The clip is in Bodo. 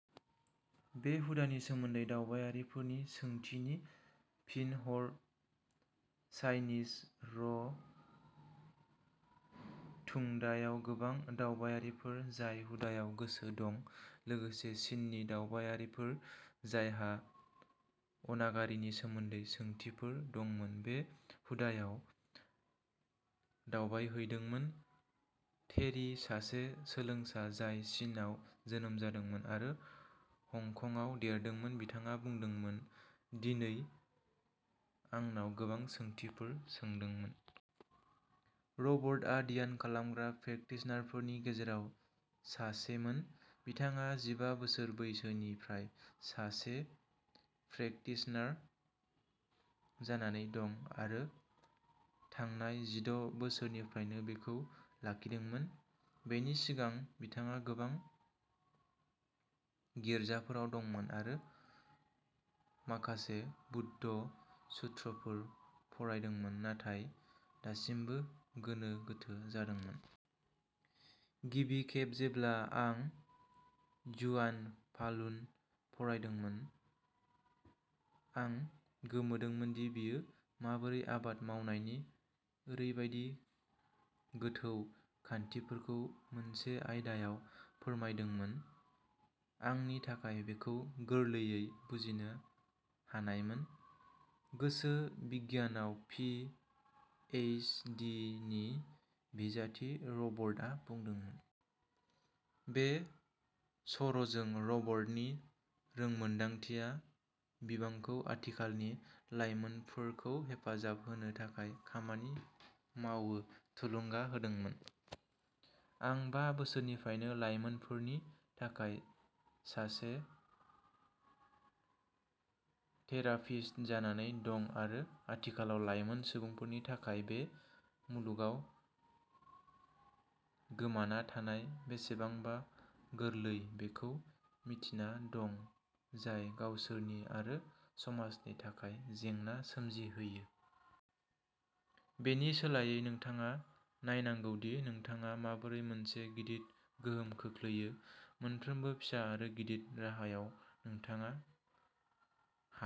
बे हुदानि सोमोन्दै दावबायारिफोरनि सोंथिनि फिन हर। चाइनिज र' टुंडायाव गोबां दावबायारिफोर जाय हुदायाव गोसो दंमोन, लोगोसे चीननि दावबायारिफोर जायहा अनागारिनि सोमोन्दै सोंथिफोर दंमोन, बे हुदायाव दावबायहैदोंमोन। टेरि सासे सोलोंसा जाय चीनआव जोनोम जादोंमोन आरो हंकंआव देरदोंमोन, बिथाङा बुंदोंमोन, दिनै आंनाव गोबां सोंथिफोर सोंदोंमोन। रबार्टआ ध्यान खालामग्रा प्रेकटिशनारफोरनि गेजेराव सासेमोन। बिथाङा जिबा बोसोर बैसोनिफ्राय सासे प्रेकटिशनार जानानै दं आरो थांनाय जिद' बोसोरफोरनिफ्राय बेखौ लाखिदोंमोन। बेनि सिगां बिथाङा गोबां गिर्जाफोराव थांदोंमोन आरो माखासे बौद्ध सुत्रफोर फरायदोंमोन नाथाय दासिमबो गोनो गोथो जादोंमोन। गिबि खेब जेब्ला आं झुआन फालुन फरायदोंमोन, आं गोमोदोंमोन दि बेयो माबोरै आबाद मावनायनि ओरैबायदि गोथौ खान्थिफोरखौ मोनसे आयदायाव फोरमायदोंमोन। आंनि थाखाय बेखौ गोरलैयै बुजिनो हानायमोन गोसो बिगियानाव पि एइच डि नि बिजाथि रबार्टआ बुंदोंमोन। बे सर'जों रबार्टनि रोंमोन्दांथिया बिथांखौ आथिखालनि लाइमोनफोरखौ हेफाजाब होनो थाखाय खामानि मावनो थुलुंगा होदों। आं बा बोसोरनिफ्राय लाइमोनफोरनि थाखाय सासे थेरापिस्ट जानानै दं आरो आथिखालाव लाइमोन सुबुंफोरनि थाखाय बे मुलुगाव गोमाना थानाया बेसेबां गोरलै बेखौ मिन्थिना दं, जाय गावसोरनि आरो समाजनि थाखाय जेंना सोमजिहोयो। बेनि सोलायै, नोंथाङा नायनांगौ दि नोंथाङा माबोरै मोनसे गिदिर गोहोम खोख्लैयो। मोनफ्रोमबो फिसा आरो गिदिर राहायाव नोंथाङा हायो।